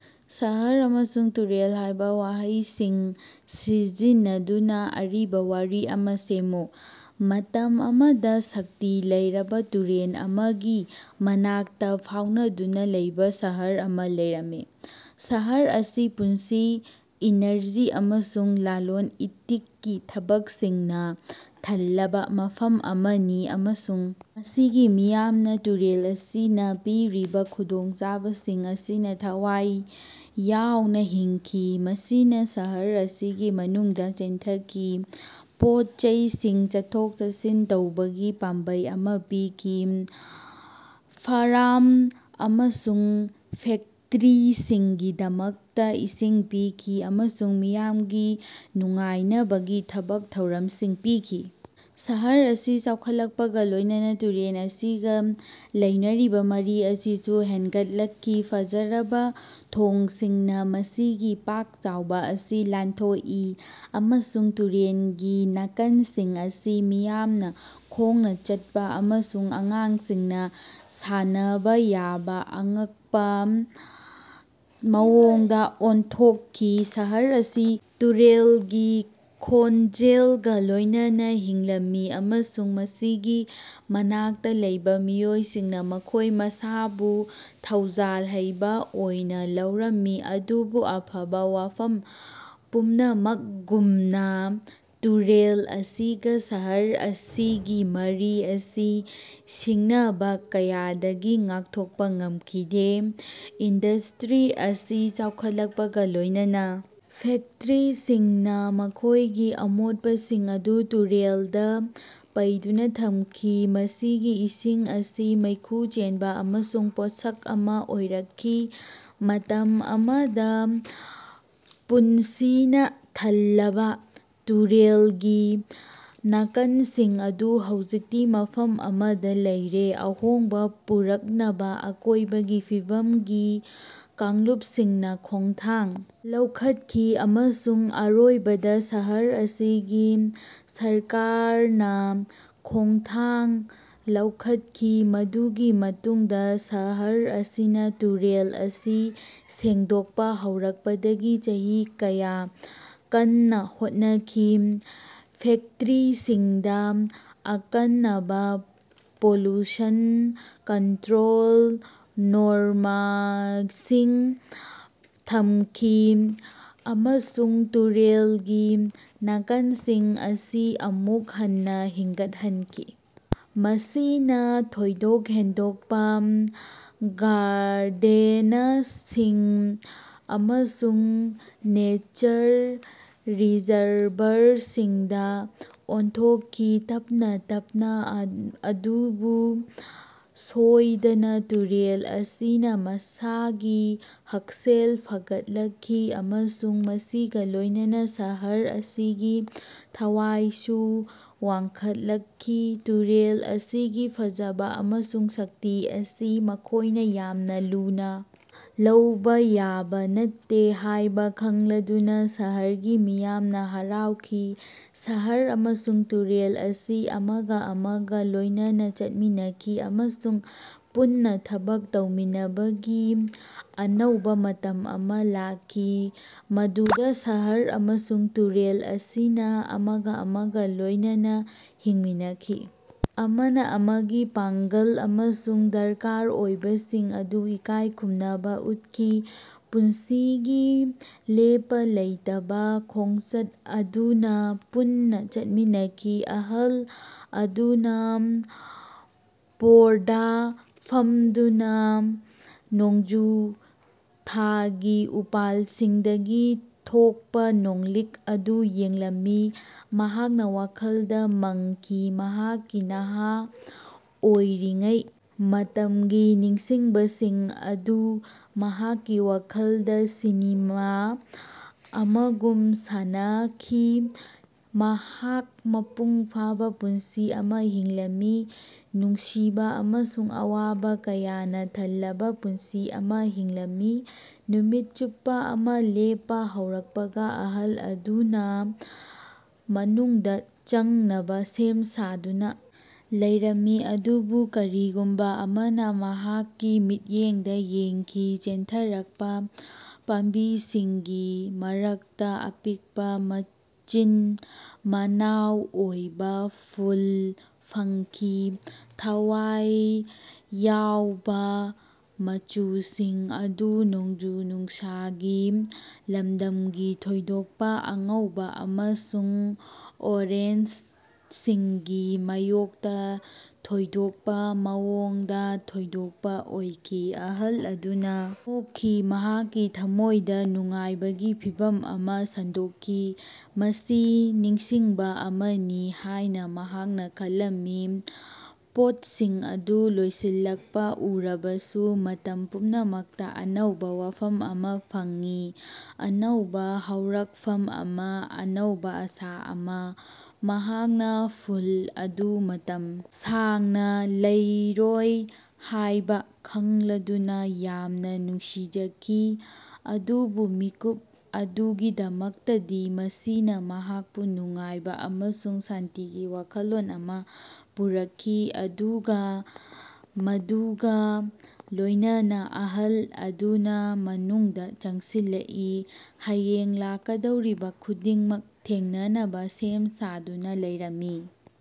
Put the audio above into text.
ꯁꯍꯔ' ꯑꯃꯁꯨꯡ 'ꯇꯨꯔꯦꯜ' ꯍꯥꯏꯕ ꯋꯥꯍꯩꯁꯤꯡ ꯁꯤꯖꯤꯟꯅꯗꯨꯅ ꯑꯔꯤꯕ ꯋꯥꯔꯤ ꯑꯃꯥ ꯁꯦꯝꯃꯨ꯫ ꯃꯇꯝ ꯑꯃꯥꯗ ꯁꯛꯇꯤ ꯂꯩꯔꯕ ꯇꯨꯔꯦꯜ ꯑꯃꯥꯒꯤ ꯃꯅꯥꯛꯇ ꯐꯥꯎꯅꯗꯨꯅ ꯂꯩꯕ ꯁꯍꯔ ꯑꯃꯥ ꯂꯩꯔꯝꯃꯤ꯫ ꯁꯍꯔ ꯑꯁꯤ ꯄꯨꯟꯁꯤ, ꯏꯅꯔꯖꯤ ꯑꯃꯁꯨꯡ ꯂꯂꯣꯟ-ꯏꯇꯤꯛꯀꯤ ꯊꯕꯛꯁꯤꯡꯅ ꯊꯜꯂꯕ ꯃꯐꯝ ꯑꯃꯥꯅꯤ ꯑꯃꯁꯨꯡ ꯃꯁꯤꯒꯤ ꯃꯤꯌꯥꯝꯅ ꯇꯨꯔꯦꯜ ꯑꯁꯤꯅ ꯄꯤꯔꯤꯕ ꯈꯨꯗꯣꯡꯆꯥꯕꯁꯤꯡ ꯑꯁꯤꯅ ꯊꯋꯥꯏ ꯌꯥꯎꯅ ꯍꯤꯡꯈꯤ꯫ ꯃꯁꯤꯅ ꯁꯍꯔ ꯑꯁꯤꯒꯤ ꯃꯅꯨꯡꯗ ꯆꯦꯟꯊꯈꯤ, ꯄꯣꯠ-ꯆꯩꯁꯤꯡ, ꯆꯠꯊꯣꯛ-ꯆꯠꯁꯤꯟ ꯇꯧꯕꯒꯤ ꯄꯥꯝꯕꯩ ꯑꯃꯥ ꯄꯤꯈꯤ, ꯐꯥꯔꯝ ꯑꯃꯁꯨꯡ ꯐꯦꯛꯇꯔꯤꯁꯤꯡꯒꯤꯗꯃꯛꯇꯥ ꯏꯁꯤꯡ ꯄꯤꯈꯤ ꯑꯃꯁꯨꯡ ꯃꯤꯌꯥꯝꯒꯤ ꯅꯨꯡꯉꯥꯏꯅꯕꯒꯤ ꯊꯕꯛ ꯊꯧꯔꯝꯁꯤꯡ ꯄꯤꯈꯤ꯫ ꯁꯍꯔ ꯑꯁꯤ ꯆꯥꯎꯈꯠꯂꯛꯄꯒ ꯂꯣꯏꯅꯅꯥ ꯇꯨꯔꯦꯜ ꯑꯁꯤꯒ ꯂꯩꯅꯔꯤꯕ ꯃꯔꯤ ꯑꯁꯤꯁꯨ ꯍꯦꯟꯒꯠꯂꯛꯈꯤ꯫ ꯐꯖꯔꯕ ꯊꯣꯡꯁꯤꯡꯅ ꯃꯁꯤꯒꯤ ꯄꯥꯛ ꯆꯥꯎꯕ ꯑꯁꯤ ꯂꯥꯟꯊꯣꯛꯏ, ꯑꯃꯁꯨꯡ ꯇꯨꯔꯦꯜꯒꯤ ꯅꯥꯀꯟꯁꯤꯡ ꯑꯁꯤ ꯃꯤꯌꯥꯝꯅ ꯈꯣꯡꯅ ꯆꯠꯄ ꯑꯃꯁꯨꯡ ꯑꯉꯥꯡꯁꯤꯡꯅ ꯁꯥꯟꯅꯕ ꯌꯥꯕ ꯑꯉꯛꯄꯥ ꯃꯑꯣꯡꯗ ꯑꯣꯟꯊꯣꯛꯈꯤ꯫ ꯁꯍꯔ ꯑꯁꯤ ꯇꯨꯔꯦꯜꯒꯤ ꯈꯣꯟꯖꯦꯜꯒꯥ ꯂꯣꯏꯅꯅꯥ ꯍꯤꯡꯂꯝꯃꯤ ꯑꯃꯁꯨꯡ ꯃꯁꯤꯒꯤ ꯃꯅꯥꯛꯇ ꯂꯩꯕ ꯃꯤꯑꯣꯏꯁꯤꯡꯅ ꯃꯈꯣꯏ ꯃꯁꯥꯕꯨ ꯊꯧꯖꯥꯜ ꯍꯩꯕ ꯑꯣꯏꯅ ꯂꯧꯔꯝꯃꯤ꯫ ꯑꯗꯨꯕꯨ ꯑꯐꯕ ꯋꯥꯐꯝ ꯄꯨꯝꯅꯃꯛꯒꯨꯝꯅ ꯇꯨꯔꯦꯜ ꯑꯁꯤꯒ ꯁꯍꯔ ꯑꯁꯤꯒꯤ ꯃꯔꯤ ꯑꯁꯤ ꯁꯤꯡꯅꯕꯥ ꯀꯌꯥꯗꯒꯤ ꯉꯥꯛꯊꯣꯛꯄꯥ ꯉꯝꯈꯤꯗꯦ꯫ ꯏꯟꯗꯁ꯭ꯇꯔꯤ ꯑꯁꯤ ꯆꯥꯎꯈꯠꯂꯛꯄꯒ ꯂꯣꯏꯅꯅꯥ ꯐꯦꯛꯇꯔꯤꯁꯤꯡꯅ ꯃꯈꯣꯏꯒꯤ ꯑꯃꯣꯠꯄꯁꯤꯡ ꯑꯗꯨ ꯇꯨꯔꯦꯜꯗ ꯄꯩꯗꯨꯅꯥ ꯊꯝꯈꯤ, ꯃꯁꯤꯒꯤ ꯏꯁꯤꯡ ꯑꯁꯤ ꯃꯩꯈꯨ ꯆꯦꯟꯕ ꯑꯃꯁꯨꯡ ꯄꯣꯠꯁꯛ ꯑꯃꯥ ꯑꯣꯏꯔꯛꯈꯤ꯫ ꯃꯇꯝ ꯑꯃꯗꯥ ꯄꯨꯟꯁꯤꯅꯥ ꯊꯜꯂꯕ ꯇꯨꯔꯦꯜꯒꯤ ꯅꯥꯀꯟꯁꯤꯡ ꯑꯗꯨ ꯍꯧꯖꯤꯛꯇꯤ ꯃꯐꯝ ꯑꯃꯗꯥ ꯂꯩꯔꯦ꯫ ꯑꯍꯣꯡꯕ ꯄꯨꯔꯛꯅꯕ ꯑꯀꯣꯏꯕꯒꯤ ꯐꯤꯕꯝꯒꯤ ꯀꯥꯡꯂꯨꯄꯁꯤꯡꯅ ꯈꯣꯡꯊꯥꯡ ꯂꯧꯈꯠꯈꯤ, ꯑꯃꯁꯨꯡ ꯑꯔꯣꯏꯕꯗꯥ ꯁꯍꯔ ꯑꯁꯤꯒꯤ ꯁꯔꯀꯥꯔꯅꯥ ꯈꯣꯡꯊꯥꯡ ꯂꯧꯈꯠꯈꯤ ꯃꯗꯨꯒꯤ ꯃꯇꯨꯡꯗꯥ ꯁꯍꯔ ꯑꯁꯤꯅꯥ ꯇꯨꯔꯦꯜ ꯑꯁꯤ ꯁꯦꯡꯗꯣꯛꯄꯥ ꯍꯧꯔꯛꯄꯗꯒꯤ ꯆꯍꯤ ꯀꯌꯥ ꯀꯟꯅꯥ ꯍꯣꯠꯅꯈꯤ꯫ ꯐꯦꯛꯇꯔꯤꯁꯤꯡꯗ ꯑꯀꯟꯅꯕꯥ ꯄꯣꯂꯨꯁꯟ ꯀꯟꯠꯔꯣꯜ ꯅꯣꯔꯃꯁꯤꯡ ꯊꯃꯈꯤ, ꯑꯃꯁꯨꯡ ꯇꯨꯔꯦꯜꯒꯤ ꯅꯥꯀꯟꯁꯤꯡ ꯑꯁꯤ ꯑꯃꯨꯛ ꯍꯟꯅꯥ ꯍꯤꯡꯒꯠꯍꯟꯈꯤ꯫ ꯃꯁꯤꯅꯥ ꯊꯣꯏꯗꯣꯛ ꯍꯦꯟꯗꯣꯛꯄꯥ ꯒꯥꯔꯗꯦꯅꯁꯤꯡ ꯑꯃꯁꯨꯡ ꯅꯦꯆꯔ ꯔꯤꯖꯔꯚꯔꯁꯤꯡꯗꯥ ꯑꯣꯟꯊꯣꯛꯈꯤ꯫ ꯇꯞꯅꯥ ꯇꯞꯅꯥ, ꯑꯗꯨꯕꯨ ꯁꯣꯏꯗꯅꯥ ꯇꯨꯔꯦꯜ ꯑꯁꯤꯅꯥ ꯃꯁꯥꯒꯤ ꯍꯛꯁꯦꯜ ꯐꯒꯠꯂꯛꯈꯤ, ꯑꯃꯁꯨꯡ ꯃꯁꯤꯒꯥ ꯂꯣꯏꯅꯅꯥ ꯁꯍꯔ ꯑꯁꯤꯒꯤ ꯊꯋꯥꯏꯁꯨ ꯋꯥꯡꯈꯠꯂꯛꯈꯤ꯫ ꯇꯨꯔꯦꯜ ꯑꯁꯤꯒꯤ ꯐꯖꯕ ꯑꯃꯁꯨꯡ ꯁꯛꯇꯤ ꯑꯁꯤ ꯃꯈꯣꯏꯅꯥ ꯌꯥꯝꯅ ꯂꯨꯅ ꯂꯧꯕ ꯌꯥꯕ ꯅꯠꯇꯦ ꯍꯥꯏꯕ ꯈꯪꯂꯗꯨꯅꯥ ꯁꯍꯔꯒꯤ ꯃꯤꯌꯥꯝꯅꯥ ꯍꯥꯔꯥꯎꯈꯤ꯫ ꯁꯍꯔ ꯑꯃꯁꯨꯡ ꯇꯨꯔꯦꯜ ꯑꯁꯤ ꯑꯃꯒꯥ ꯑꯃꯒꯥ ꯂꯣꯏꯅꯅꯥ ꯆꯠꯃꯤꯟꯅꯈꯤ, ꯑꯃꯁꯨꯡ ꯄꯨꯟꯅꯥ ꯊꯕꯛ ꯇꯧꯃꯤꯟꯅꯕꯒꯤ ꯑꯅꯧꯕꯥ ꯃꯇꯝ ꯑꯃꯥ ꯂꯥꯛꯈꯤ, ꯃꯗꯨꯗꯥ ꯁꯍꯔ ꯑꯃꯁꯨꯡ ꯇꯨꯔꯦꯜ ꯑꯁꯤꯅ ꯑꯃꯒꯥ ꯑꯃꯒꯥ ꯂꯣꯏꯅꯅꯥ ꯍꯤꯡꯃꯤꯟꯅꯈꯤ, ꯑꯃꯥꯅ ꯑꯃꯥꯒꯤ ꯄꯥꯡꯒ꯭ꯜ ꯑꯃꯁꯨꯡ ꯗꯔꯀꯥꯔ ꯑꯣꯏꯕꯁꯤꯡ ꯑꯗꯨ ꯏꯀꯥꯏꯈꯨꯝꯅꯕ ꯎꯠꯈꯤ, ꯄꯨꯟꯁꯤꯒꯤ ꯂꯦꯞꯄꯥ ꯂꯩꯇꯕꯥ ꯈꯣꯡꯆꯠ ꯑꯗꯨꯅꯥ ꯄꯨꯟꯅꯥ ꯆꯠꯃꯤꯟꯅꯈꯤ꯫ ꯑꯍꯜ ꯑꯗꯨꯅꯥ ꯄꯣꯔꯗꯥ ꯐꯝꯗꯨꯅꯥ ꯅꯣꯡꯖꯨ ꯊꯥꯒꯤ ꯎꯄꯥꯟꯁꯤꯡꯗꯒꯤ ꯊꯣꯛꯄꯥ ꯅꯣꯡꯂꯤꯛ ꯑꯗꯨ ꯌꯦꯡꯂꯝꯃꯤ꯫ ꯃꯍꯥꯛꯅꯥ ꯋꯥꯈꯜꯗꯥ ꯃꯪꯈꯤ, ꯃꯍꯥꯛꯀꯤ ꯅꯍꯥ ꯑꯣꯏꯔꯤꯉꯩ ꯃꯇꯝꯒꯤ ꯅꯤꯡꯁꯤꯡꯕꯁꯤꯡ ꯑꯗꯨ ꯃꯍꯥꯛꯀꯤ ꯋꯥꯈꯜꯗꯥ ꯁꯤꯅꯦꯃꯥ ꯑꯃꯒꯨꯝ ꯁꯥꯟꯅꯈꯤ꯫ ꯃꯍꯥꯛ ꯃꯄꯨꯡ ꯐꯥꯕꯥ ꯄꯨꯟꯁꯤ ꯑꯃꯥ ꯍꯤꯡꯂꯝꯃꯤ, ꯅꯨꯡꯁꯤꯕꯥ ꯑꯃꯁꯨꯡ ꯑꯋꯥꯕꯥ ꯀꯌꯥꯅꯥ ꯊꯜꯂꯕꯥ ꯄꯨꯟꯁꯤ ꯑꯃꯥ ꯍꯤꯡꯂꯝꯃꯤ꯫ ꯅꯨꯃꯤꯠ ꯆꯨꯞꯄꯥ ꯑꯃꯥ ꯂꯦꯞꯄꯥ ꯍꯧꯔꯛꯄꯒ ꯑꯍꯜ ꯑꯗꯨꯅꯥ ꯃꯅꯨꯡꯗꯥ ꯆꯪꯅꯕꯥ ꯁꯦꯝ ꯁꯥꯗꯨꯅꯥ ꯂꯩꯔꯝꯃꯤ꯫ ꯑꯗꯨꯕꯨ ꯀꯔꯤꯒꯨꯝꯕꯥ ꯑꯃꯅꯥ ꯃꯍꯥꯛꯀꯤ ꯃꯤꯠꯌꯦꯡꯗꯥ ꯌꯦꯡꯈꯤ꯫ ꯆꯦꯟꯊꯔꯛꯄꯥ ꯄꯥꯝꯕꯤꯁꯤꯡꯒꯤ ꯃꯔꯛꯇꯥ ꯑꯄꯤꯛꯄꯥ, ꯃꯆꯤꯟ-ꯃꯅꯥꯑꯣ ꯑꯣꯏꯕ ꯐꯨꯜ ꯐꯪꯈꯤ꯫ ꯊꯋꯥꯏ ꯌꯥꯑꯣꯕꯥ ꯃꯆꯨꯁꯤꯡ ꯑꯗꯨ ꯅꯣꯡꯖꯨ ꯅꯨꯡꯁꯥꯒꯤ ꯂꯝꯗꯝꯒꯤ ꯊꯣꯏꯗꯣꯛꯄꯥ ꯑꯉꯧꯕꯥ ꯑꯃꯁꯨꯡ ꯑꯣꯔꯦꯟꯖꯁꯤꯡꯒꯤ ꯃꯥꯌꯣꯛꯇꯥ ꯊꯣꯏꯗꯣꯛꯄꯥ ꯃꯑꯣꯡꯗꯥ ꯊꯣꯏꯗꯣꯛꯄꯥ ꯑꯣꯏꯈꯤ꯫ ꯑꯍꯜ ꯑꯗꯨꯅꯥ ꯅꯣꯛꯈꯤ, ꯃꯍꯥꯛꯀꯤ ꯊꯝꯃꯣꯏꯗꯥ ꯅꯨꯡꯉꯥꯏꯕꯒꯤ ꯐꯤꯚꯝ ꯑꯃꯥ ꯁꯟꯗꯣꯛꯈꯤ꯫ ꯃꯁꯤ ꯅꯤꯡꯁꯤꯡꯕꯥ ꯑꯃꯅꯤ ꯍꯥꯏꯅꯥ ꯃꯍꯥꯛꯅꯥ ꯈꯜꯂꯝꯃꯤ, ꯄꯣꯠꯁꯤꯡ ꯑꯗꯨ ꯂꯣꯏꯁꯤꯜꯂꯛꯄꯥ ꯎꯔꯕꯁꯨ ꯃꯇꯝ ꯄꯨꯝꯅꯃꯛꯇꯥ ꯑꯅꯧꯕꯥ ꯋꯥꯐꯝ ꯑꯃꯥ ꯐꯪꯏ꯫ ꯑꯅꯧꯕꯥ ꯍꯧꯔꯛꯐꯝ ꯑꯃꯥ, ꯑꯅꯧꯕꯥ ꯑꯥꯁꯥ ꯑꯃꯥ꯫ ꯃꯍꯥꯛꯅꯥ ꯐꯨꯜ ꯑꯗꯨ ꯃꯇꯝ ꯁꯥꯡꯅꯥ ꯂꯩꯔꯣꯏ ꯍꯥꯏꯕꯥ ꯈꯪꯂꯗꯨꯅꯥ ꯌꯥꯝꯅꯥ ꯅꯨꯡꯁꯤꯖꯈꯤ꯫ ꯑꯗꯨꯕꯨ ꯃꯤꯀꯨꯞ ꯑꯗꯨꯒꯤꯗꯃꯛꯇꯗꯤ ꯃꯁꯤꯅꯥ ꯃꯍꯥꯛꯄꯨ ꯅꯨꯡꯉꯥꯏꯕ ꯑꯃꯁꯨꯡ ꯁꯥꯟꯇꯤꯒꯤ ꯋꯥꯈꯜꯂꯣꯟ ꯑꯃꯥ ꯄꯨꯔꯛꯈꯤ꯫ ꯑꯗꯨꯒꯥ ꯃꯗꯨꯒꯥ ꯂꯣꯏꯅꯅꯥ ꯑꯍꯜ ꯑꯗꯨꯅꯥ ꯃꯅꯨꯡꯗꯥ ꯆꯪꯁꯤꯜꯂꯛꯏ, ꯍꯌꯦꯡ ꯂꯥꯛꯀꯗꯧꯔꯤꯕꯥ ꯈꯨꯗꯤꯡꯃꯛ ꯊꯦꯡꯅꯅꯕꯥ ꯁꯦꯝ ꯁꯥꯗꯨꯅꯥ ꯂꯩꯔꯝꯃꯤ꯫